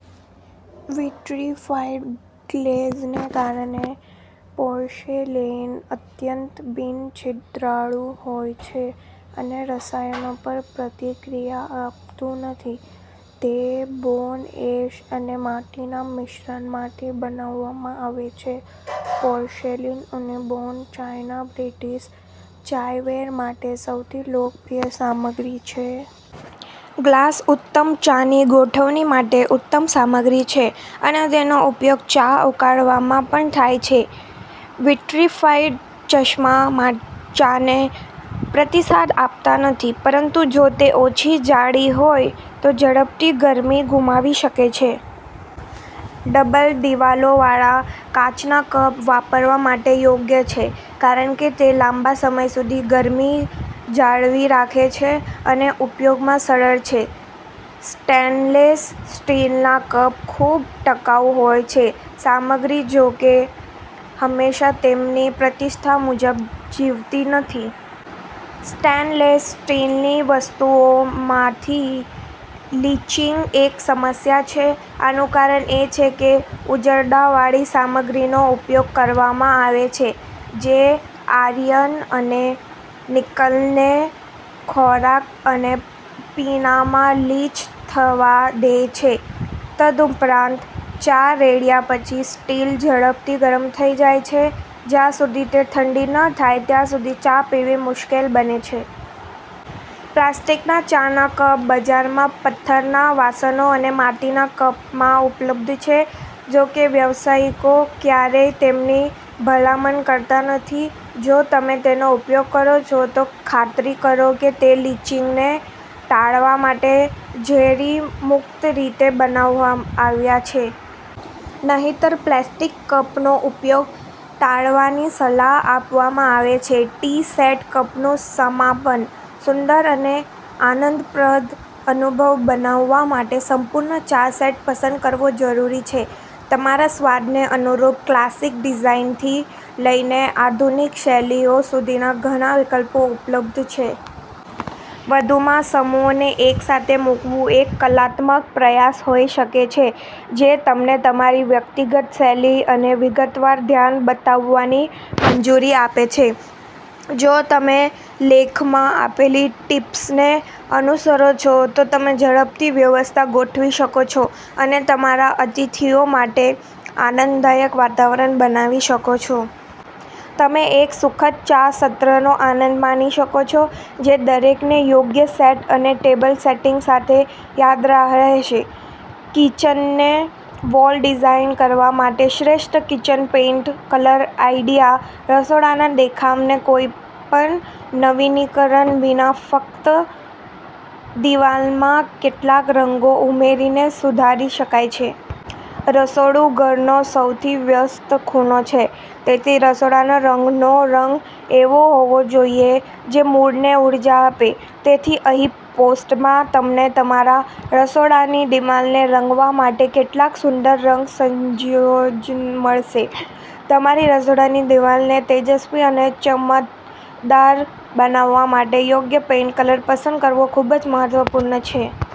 Vitrified ગ્લેઝને કારણે, porcelain અત્યંત બિન-છિદ્રાળુ હોય છે અને રસાયણો પર પ્રતિક્રિયા આપતું નથી. તે બોન એશ અને માટીના મિશ્રણમાંથી બનાવવામાં આવે છે. પોર્સેલિન અને બોન ચાઇના બ્રિટિશ ચાયવેર માટે સૌથી લોકપ્રિય સામગ્રી છે. ગ્લાસ ઉત્તમ ચાની ગોઠવણી માટે ઉત્તમ સામગ્રી છે અને તેનો ઉપયોગ ચા ઉકાળવામાં પણ થાય છે. વિટ્રિફાઇડ ચશ્મા ચાને પ્રતિસાદ આપતા નથી, પરંતુ જો તે ઓછી જાડી હોય તો ઝડપથી ગરમી ગુમાવી શકે છે. ડબલ-દિવાલોવાળા કાચના કપ વાપરવા માટે યોગ્ય છે કારણ કે તે લાંબા સમય સુધી ગરમી જાળવી રાખે છે અને ઉપયોગમાં સરળ છે. સ્ટેનલેસ સ્ટીલના કપ ખૂબ ટકાઉ હોય છે. સામગ્રી, જો કે, હંમેશા તેમની પ્રતિષ્ઠા મુજબ જીવતી નથી. સ્ટેનલેસ સ્ટીલની વસ્તુઓમાંથી લીચિંગ એક સમસ્યા છે. આનું કારણ એ છે કે ઉઝરડાવાળી સામગ્રીનો ઉપયોગ કરવામાં આવે છે, જે આયર્ન અને નિકલને ખોરાક અને પીણામાં લીચ થવા દે છે. તદુપરાંત, ચા રેડ્યા પછી, સ્ટીલ ઝડપથી ગરમ થઈ જાય છે, જ્યાં સુધી તે ઠંડી ન થાય ત્યાં સુધી ચા પીવી મુશ્કેલ બને છે. પ્લાસ્ટિકના ચાના કપ બજારમાં પથ્થરના વાસણો અને માટીના કપમાં ઉપલબ્ધ છે. જો કે, વ્યાવસાયિકો ક્યારેય તેમની ભલામણ કરતા નથી. જો તમે તેનો ઉપયોગ કરો છો, તો ખાતરી કરો કે તે લીચિંગને ટાળવા માટે ઝેરી મુક્ત રીતે બનાવવામાં આવ્યા છે. નહિંતર, પ્લાસ્ટિક કપનો ઉપયોગ ટાળવાની સલાહ આપવામાં આવે છે. ટી સેટ કપનું સમાપન. સુંદર અને આનંદપ્રદ અનુભવ બનાવવા માટે સંપૂર્ણ ચા સેટ પસંદ કરવો જરૂરી છે. તમારા સ્વાદને અનુરૂપ ક્લાસિક ડિઝાઇનથી લઈને આધુનિક શૈલીઓ સુધીના ઘણા વિકલ્પો ઉપલબ્ધ છે. વધુમાં, સમૂહને એકસાથે મૂકવું એક કલાત્મક પ્રયાસ હોઈ શકે છે જે તમને તમારી વ્યક્તિગત શૈલી અને વિગતવાર ધ્યાન બતાવવાની મંજૂરી આપે છે. જો તમે લેખમાં આપેલી ટીપ્સને અનુસરો છો, તો તમે ઝડપથી વ્યવસ્થા ગોઠવી શકો છો અને તમારા અતિથિઓ માટે આનંદદાયક વાતાવરણ બનાવી શકો છો. તમે એક સુખદ ચા સત્રનો આનંદ માણી શકો છો જે દરેકને યોગ્ય સેટ અને ટેબલ સેટિંગ સાથે યાદ રહેશે. કિચનની વોલ ડિઝાઇન કરવા માટે શ્રેષ્ઠ કિચન પેઇન્ટ કલર આઇડિયા. રસોડાના દેખાવને કોઈપણ નવીનીકરણ વિના ફક્ત દિવાલમાં કેટલાક રંગો ઉમેરીને સુધારી શકાય છે. રસોડું ઘરનો સૌથી વ્યસ્ત ખૂણો છે, તેથી રસોડાના રંગનો રંગ એવો હોવો જોઈએ જે મૂડને ઉર્જા આપે. તેથી, અહીં પોસ્ટમાં, તમને તમારા રસોડાની દિવાલને રંગવા માટે કેટલાક સુંદર રંગ સંયોજનો મળશે. તમારી રસોડાની દિવાલને તેજસ્વી અને ચમકદાર બનાવવા માટે યોગ્ય પેઇન્ટ કલર પસંદ કરવો ખૂબ જ મહત્વપૂર્ણ છે.